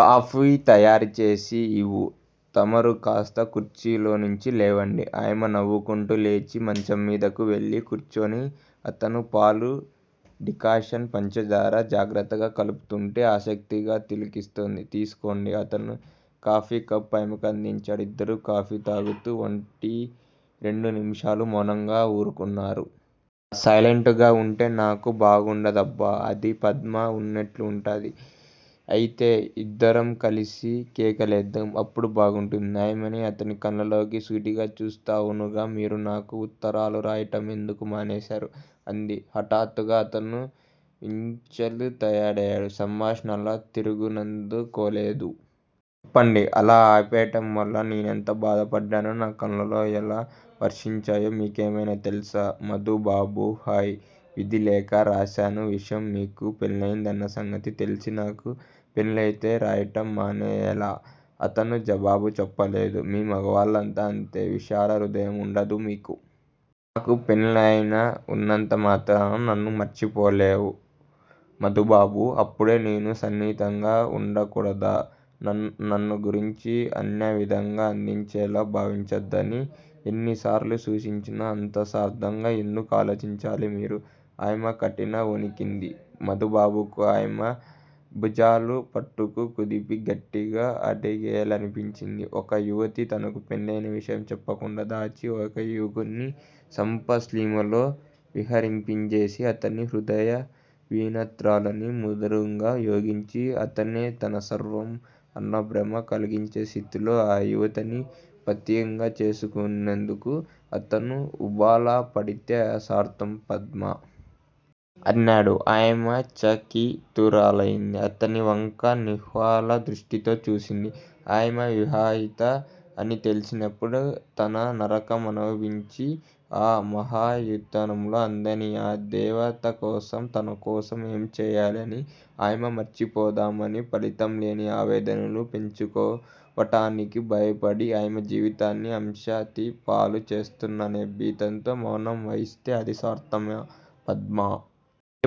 Coffee తయారుచేసి ఇవ్వు. తమరు కాస్త కుర్చీలోంచి లేవండి. ఆమె నవ్వుకుంటూ లేచి మంచంమీదకు వెళ్లి కూర్చుని అతను పాలూ డికాషన్ పంచదార జాగ్రత్తగా కలుపుతోంటే ఆసక్తిగా తిలకిస్తున్నది. తీసుకోండి. అతను కాఫీకప్ ఆమెకు అందించాడు. ఇద్దరూ కాఫీ తాగుతూ ఒకటిరెండు నిముషాలు మౌనంగా ఊరుకున్నారు. సైలెంట్ గా వుంటే నాకు బావుండదబ్బా అంది పద్మ వున్నట్లుండి. అయితే యిద్దరం కలిసి కేకలేద్దాం. అప్పుడు బాగుంటుంది. ఆమె అతని కళ్ళలోకి సూటిగా చూస్తూ అవునుగాని మీరు నాకు ఉత్తరాలు రాయటం ఎందుకు మానేశారు అంది హఠాత్తుగా. అతను విచలితుడయాడు. సంభాషణ యిలా తిరుగుతుందనుకోలేదు. చెప్పండి అలా ఆపేయటం వల్ల నేనెంత బాధపడ్డానో నా కళ్లు ఎలా వర్షించాయో మీకేమైనా తెలుసా? మధుబాబు యిహ విధిలేక రాశానా విషయం. మీకు పెళ్ళయిందన్న సంగతి తెలిసి నాకు పెళ్ళయితే రాయటం మానెయ్యాలా? అతను జవాబు చెప్పలేదు. మీ మొగవాళ్ళంతా యింతే. విశాలహృదయం వుండదు మీకు. నాకు పెళ్ళయి వున్నంతమాత్రాన నన్ను మరిచిపోవలేవు మధుబాబూ! అప్పుడు నేను సన్నిహితంగా వుండకూడదా? నన్నుగురించి అన్యవిధంగా అందరిలా భావించవద్దని యెన్నిసార్లు సూచించాను? అంత స్వార్థంగా ఎందుకు ఆలోచించాలి మీరు? ఆమెకంఠం ఒణికింది. మధుబాబుకు ఆమెభుజాలు పట్టుకు కుదిపి గట్టిగా అడిగేయాలనిపించింది. ఓ యువతి తనకు పెళ్లి అయిన విషయం చెప్పకుండా దాచి ఓ యువకుడ్ని స్వప్నసీమల్లో విహరింపజేసి అతని హృదయవీణాతంత్రుల్ని మధురంగా మోగించి అతనే తన సర్వస్వం అన్నభ్రమ కలిగించినస్థితిలో ఆ యువతిని పత్నిగా చేసుకునేందుకు అతను ఉబలాపడితే అది స్వార్థమా పద్మా? అన్నాడు. ఆయమ చకితురాలైంది. అతనివంక విహ్వలదృష్టితో చూసింది. ఆయమ వివాహిత అని తెలిసినప్పుడు అతను నరకం అనుభవించి ఆ మహాయాతనలో అందని ఆ దేవతకోసం తనకోసం ఏంచెయ్యలేని ఆమెను మరిచిపోదామని ఫలితం లేని ఆవేదనలు పెంపొందించుకోవటానికి భయపడి ఆమె జీవితాన్ని అశాంతిపాలు చేస్తున్నాననే భీతితో మౌనం వహిస్తే అది స్వార్థమా పద్మా?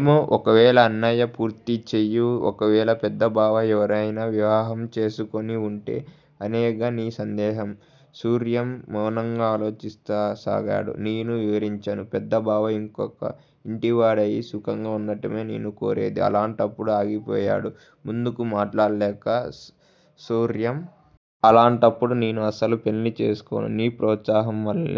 ఏమో? ఒకవేళ అన్నయ్య పూర్తి చెయు! ఒకవేళ పెద్ద బావ ఎవర్నయినా వివాహం చేసుకుని వుంటే? అనేగా నీ సందేహం! సూర్యం మౌనంగా ఆలోచించసాగాడు. నేను విచారించను. పెద్ద బావ ఒక ఇంటివాడయి సుఖంగా ఉండటమే నేను కోరేది. అలాంటప్పుడు ఆగిపోయాడు ముందుకు మాట్లాడలేక సూర్యం. అలాంటప్పుడు నేను అసలు పెళ్లే చేసుకోను. నీ ప్రోత్సాహం వల్ల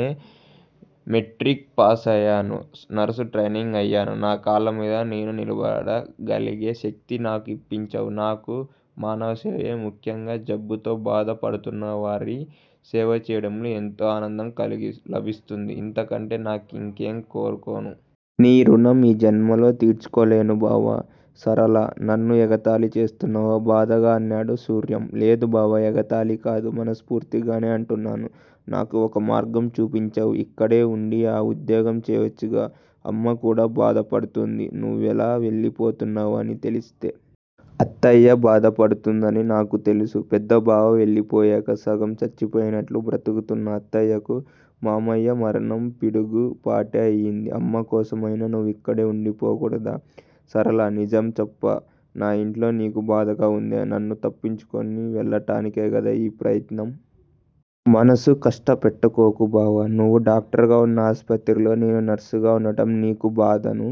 మెట్రిక్ పాసయాను. నర్సు ట్రైనింగ్ అయాను. నా కాళ్ళమీద నేను నిలబడగలిగే శక్తిని నాకు ఇప్పించావు. నాకు మానవసేవ ముఖ్యంగా జబ్బుతో బాధ పడుతున్నవారి సేవ చేయడంలో ఎంతో ఆనందం లభిస్తుంది. ఇంతకంటే నాకునింకేం కోరను. నీ రుణం ఈ జన్మలో తీర్చుకోలేను బావా! సరళా! నన్ను ఎగతాళి చేస్తున్నావా? బాధగా అన్నాడు సూర్యం. లేదు బావా! ఎగతాళి కాదు. మనస్పూర్తిగానే అంటున్నాను. నాకు ఒక మార్గం చూపించావు. ఇక్కడే వుండి ఆ ఉద్యోగం చేయవచ్చుగా? అమ్మకూడా బాధ పడుతుంది నువ్వెళ్ళిపోతున్నావని తెలిస్తే. అత్తయ్య బాధపడుతుందని నాకు తెలుసు. పెద్ద బావ వెళ్ళిపోయాక సగం చచ్చిపోయినట్లు బ్రతుకుతున్న అత్తయ్యకు మామయ్య మరణం పిడుగుపాటే అయింది. అమ్మకోసం అయినా నీవు ఇక్కడ ఉండిపోకూడదూ? సరళా! నిజం చెప్పు నా ఇంట్లో నీకు బాధగా ఉందా? నన్ను తప్పించుకొని వెళ్ళటానికేగా ఈ ప్రయత్నం? మనస్సు కష్టపెట్టుకోకు బావా! నువ్వు డాక్టరుగా వున్న ఆసుపత్రిలో నేను నర్సుగా ఉండటం నీకు బాధను